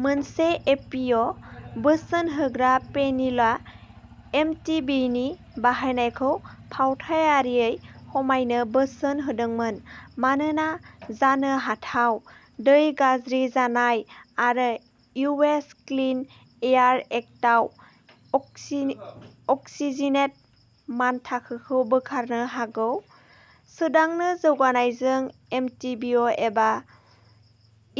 मोनसे इपिए बोसोनहोग्रा पेनेलआ एमटिबिइनि बाहायनायखौ फावथायारियै खमायनो बोसोन होदोंमोन मानोना जानो हाथाव दै गाज्रि जानाय आरो इउएस क्लिन एयार एक्टआव अक्सिजिनेट मानथाखोखौ बोखारनो हागौ। सोदांनो जौगानायजों, एमटिबिइ एबा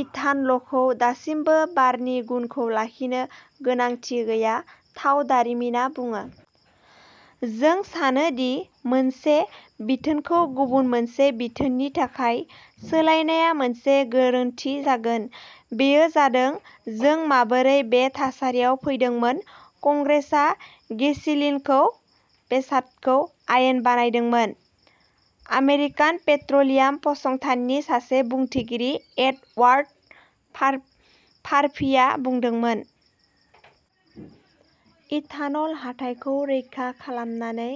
इथान'लखौ दासिमबो बारनि गुनखौ लाखिनो गोनांथि गैया, थाव दारिमिना बुङो। "जों सानो दि मोनसे बिथोनखौ गुबुन मोनसे बिथोननि थाखाय सोलायनाया मोनसे गोरोन्थि जागोन। बेयो जादों जों माबोरै बे थासारियाव फैदोंमोन, कंग्रेसआ गेसोलिननि बेसादखौ आयेन बानायदोंमोन ", आमेरिकान पेट्र'लियाम फसंथाननि सासे बुंथिगिरि एडवार्ड मार्फीआ बुंदोंमोन। इथानल हाथाइखौ रैखा खालामनानै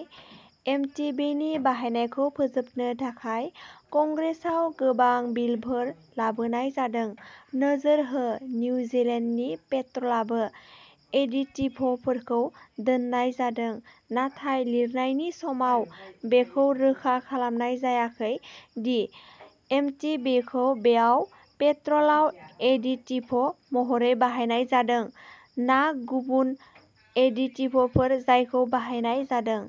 एमटिबिइनि बाहायनायखौ फोजोबनो थाखाय कंग्रेसआव गोबां बिलफोर लाबोनाय जादों। नोजोर हो;-निउजीलेन्डनि पेट्रलआवबो एडिटिभफोरखौ दोननाय जादों नाथाय लिरनायनि समाव बेखौ रोखा खालामनाय जायाखै दि एमटिबिइखौ बेयाव पेट्रलआव एडिटिभ महरै बाहायनाय जादों ना गुबुन एडिटिभफोर जायखौ बाहायनाय जादों।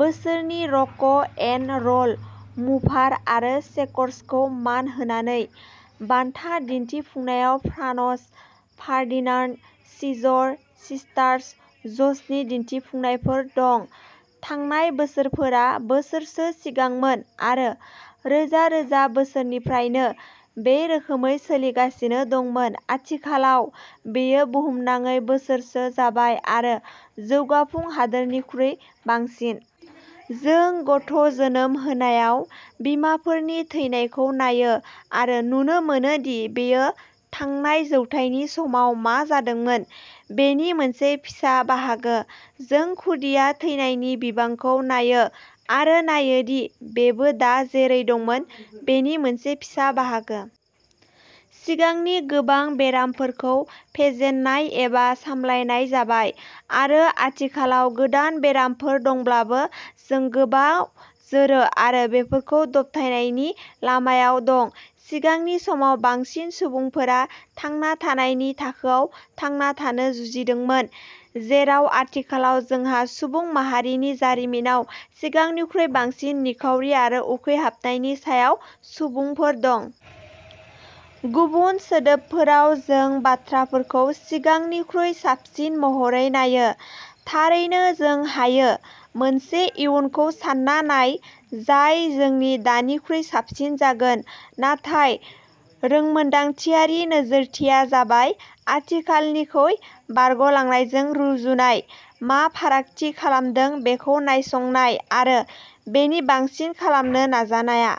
बोसोरनि रक'एन'र'ल मुभार आरो शेकर्सखौ मान होनानै, बान्था दिन्थिफुंनायाव फ्रानज फारदिनान्द, सिजर सिस्टार्स, ज'सनि दिन्थिफुंनायफोर दं। थांनाय बोसोरफोरा बोसोरसो सिगांमोन आरो रोजा रोजा बोसोरनिफ्रायनो बे रोखोमै सोलिबोगासिनो दंमोन। आथिखालाव बेयो बुहुमनाङै बोसोरसो जाबाय, आरो जौगाफु हादोरफोरनिख्रुइ बांसिन। जों गथ'जोनोम होनायाव बिमाफोरनि थैनायखौ नायो, आरो नुनो मोनो दि बेयो थांनाय जौथाइनि समाव मा जादोंमोन बेनि मोनसे फिसा बाहागो। जों खुदिया थैनायनि बिबांखौ नायो आरो नायोदि बेबो दा जेरै दंमोन बेनि मोनसे फिसा बाहागो। सिगांनि गोबां बेरामफोरखौ फेजेननाय एबा सामलायनाय जाबाय, आरो आथिखालाव गोदान बेरामफोर दंब्लाबो जों गोबाव जोरो, जों बेफोरखौ दबथायनायनि लामायाव दं। सिगांनि समाव बांसिन सुबुंफोरा थांना थानायनि थाखोआव थांना थानो जुजिदोंमोन, जेराव आथिखालाव जोंहा सुबुं माहारिनि जारिमिनाव सिगांनिख्रुइ बांसिन निखावरि आरो उखैहाबनायनि सायाव सुबुंफोर दं। गुबुन सोदोबफोराव जों बाथ्राफोरखौ सिगांनिख्रुइ साबसिन महरै नायो। थारैनो जों हायो। मोनसे इयुनखौ सानना नाय जाय जोंनि दानिख्रुइ साबसिन जागोन, नाथाय रोंमोन्दांथियारि नोजोरथिया जाबाय आथिखालनिखौ बारगलांनायजों रुजुनाय, मा फारागथि खालामदों बेखौ नायसंनाय, आरो बेनि बांसिन खालामनो नाजानाया।